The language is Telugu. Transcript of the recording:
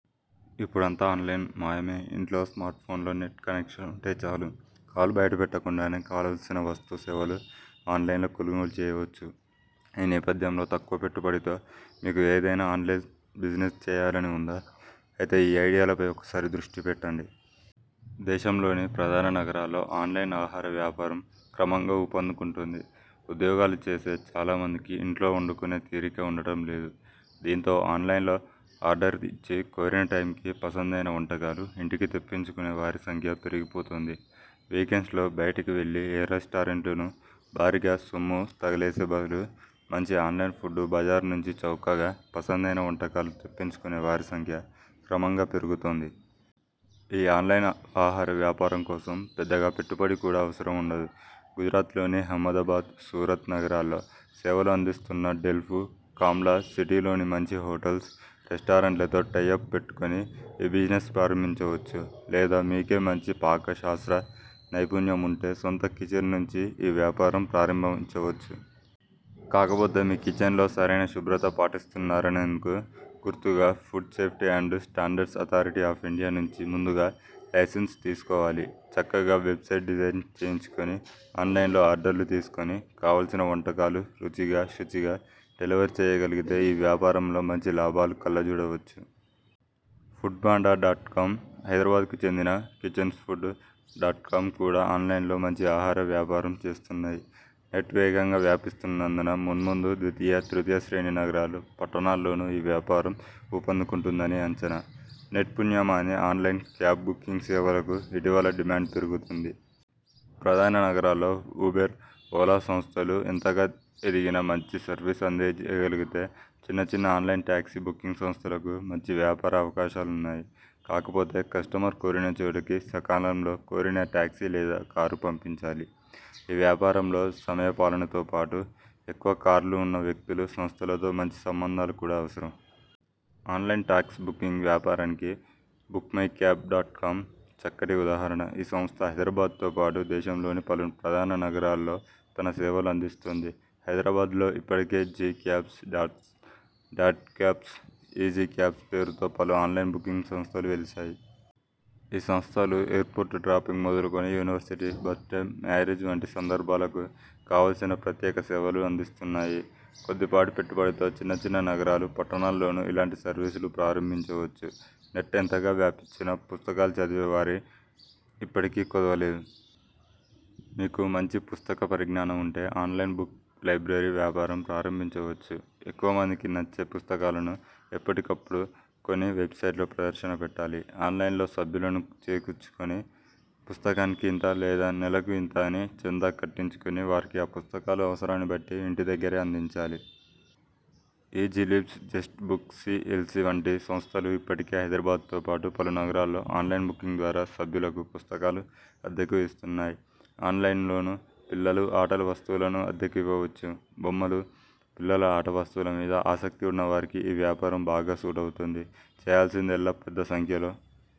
ఇపుడంతా ఆన్లైన్ మయయే ఇంట్లో స్మార్ట్ఫోన్లో నెట్ కనెక్షన్ ఉంటే చాలు. కాలు బయట పెట్టకుండానే కావలసిన వస్తు, సేవలను ఆన్లైన్లో కొనుగోలు చేయవచ్చు. ఈ నేపథ్యంలో తక్కువ పెట్టుబడితో మీకూ ఏదైనా ఆన్లైన్ బిజినెస్ చేయాలని ఉందా? అయితే ఈ ఐడియాల పై ఒక్కసారి దృష్టి పెట్టండి. దేశంలోని ప్రధాన నగరాల్లో ఆన్లైన్ ఆహార వ్యాపారం క్రమంగా ఊపందుకుంటోంది. ఉద్యోగాలు చేసే చాలా మందికి ఇంట్లో వండుకునే తీరిక ఉండడం లేదు. దీంతో ఆన్లైన్లో ఆర్డర్ ఇచ్చి కోరిన టైమ్కి పసందైన వంటకాలు ఇంటికే తెప్పించుకునే వారి సంఖ్య పెరిగిపోతోంది. వీకెండ్స్లో బయటికి వెళ్లి ఏ రెస్టారెంట్లోనో భారీగా సొమ్ము తగలేసే బదులు మంచి ఆన్లైన్ ఫుడ్ బజార్ నుంచి చౌకగా పసందైన వంటకాలు తెప్పించుకునే వారి సంఖ్య క్రమంగా పెరుగుతోంది. ఈ ఆన్లైన్ ఆహార వ్యాపారం కోసం పెద్దగా పెట్టుబడి కూడా అవసరం ఉండదు. గుజరాత్లోని అహ్మదాబాద్, సూరత్ నగరాల్లో సేవలు అందిస్తున్న డెల్ఫూ. కామ్లా సిటీలోని మంచి హోటల్స్, రెస్టారెంట్లతో టై అప్ పెట్టుకుని ఈ బిజినెస్ ప్రారంభించవచ్చు. లేదా మీకే మంచి పాక శాస్త్ర నైపుణ్యం ఉంటే సొంత కిచెన్ నుంచీ ఈ వ్యాపారం ప్రారంభించవచ్చు. కాకపోతే మీ కిచెన్లో సరైన శుభ్రత పాటిస్తున్నారనేందుకు గుర్తు గా food safety and standards authority of India నుంచి ముందుగా లైసెన్సు తీసుకోవాలి. చక్కగా వెబ్సైట్ డిజైన్ చేయించుకుని ఆన్లైన్లోనే ఆర్డర్లు తీసుకుని కావలసిన వంటకాలు రుచిగా, శుచిగా డెలివరీ చేయగలిగితే ఈ వ్యాపారంలో మంచి లాభాలు కళ్ల జూడవచ్చు. ఫుడ్పాండా డాట్ కామ్, హైదరాబాద్కు చెందిన కిచెన్ఫుడ్స్ డాట్ కామ్ కూడా ఆన్లైన్లో మంచి ఆహార వ్యాపారం చేస్తున్నాయి. నెట్ వేగంగా వ్యాపిస్తున్నందున మున్ముందు ద్వితీయ, తృతీయ శ్రేణి నగరాలు, పట్టణాల్లోనూ ఈ వ్యాపారం ఊపందుకుంటుందని అంచనా. నెట్ పుణ్యమాని ఆన్లైన్ క్యాబ్ బుకింగ్ సేవలకూ ఇటీవల డిమాండ్ పెరుగుతోంది. ప్రధాన నగరాల్లో ఉబెర్, ఓలా సంస్థలు ఎంతగా ఎదిగినా మంచి సర్వీస్ అందజేయగలిగితే చిన్న చిన్న ఆన్లైన్ టాక్సీ బుకింగ్ సంస్థలకూ మంచి వ్యాపార అవకాశాలున్నాయి. కాకపోతే కస్టమర్ కోరిన చోటికి సకాలంలో కోరిన టాక్సీ లేదా కారు పంపించాలి. ఈ వ్యాపారంలో సమయ పాలనతోపాటు ఎక్కువ కార్లు ఉన్న వ్యక్తులు, సంస్థలతో మంచి సంబంధాలు కూడా అవసరం. ఆన్లైన్ టాక్సీ బుకింగ్ వ్యాపారానికి బుక్మైక్యాబ్ డాట్ కామ్ చక్కటి ఉదాహరణ. ఈ సంస్థ హైదరాబాద్తో పాటు దేశంలోని పలు ప్రధాన నగరాల్లో తన సేవలు అందిస్తోంది. హైదరాబాద్లో ఇప్పటికే G cabs, dot cabs, easy cabs పేరుతో పలు అన్లైన్ బుకింగ్ సంస్థలు వెలిశాయి. ఈ సంస్థలు ఎయిర్పోర్టు డ్రాపింగ్ మొదలుకుని యానివర్సిరీ, బర్త్డే, మ్యారేజ్ వంటి సందర్భాలకూ కావలసిన ప్రత్యేక సేవలు అందిస్తున్నాయి. కొద్ది పాటి పెట్టుబడితో చిన్న చిన్న నగరాలు, పట్టణాల్లోనూ ఇలాంటి సర్వీసులు ప్రారభించవచ్చు. నెట్ ఎంతగా వ్యాపించినా పుస్తకాలు చదివే వారికి ఇప్పటికీ కొదవ లేదు. మీకు మంచి పుస్తక పరిజ్ఞానం ఉంటే ఆన్లైన్ బుక్ లైబ్రరీ వ్యాపారం ప్రారంభించవచ్చు. ఎక్కువ మందికి నచ్చే పుస్తకాలను ఎప్పటి కప్పుడు కొని వెబ్సైట్లో ప్రదర్శనకు పెట్టాలి. ఆన్లైన్లో సభ్యులను చేర్చుకుని పుస్తకానికి ఇంత లేదా నెలకు ఇంత అని చందా కట్టించుకుని వారికి ఆ పుస్తకాలు అవసరాన్ని బట్టి ఇంటి దగ్గరే అందించాలి. ఈజీలిబ్స్, జస్ట్బుక్స్సిఎల్సి వంటి సంస్థలు ఇప్పటికే హైదరాబాద్తో పాటు పలు నగరాల్లో ఆన్లైన్ బుకింగ్ ద్వారా సభ్యులకు పుస్తకాలను అద్దెకు ఇస్తున్నాయి. ఆన్లైన్లోనూ పిల్లల ఆట వస్తువులను అద్దెకు ఇవ్వవచ్చు. బొమ్మలు, పిల్లల ఆట వస్తువుల మీద ఆసక్తి ఉన్న వారికి ఈ వ్యాపారం బాగా సూటవుతుంది. చేయాల్సిందిల్లా పెద్ద సంఖ్యలో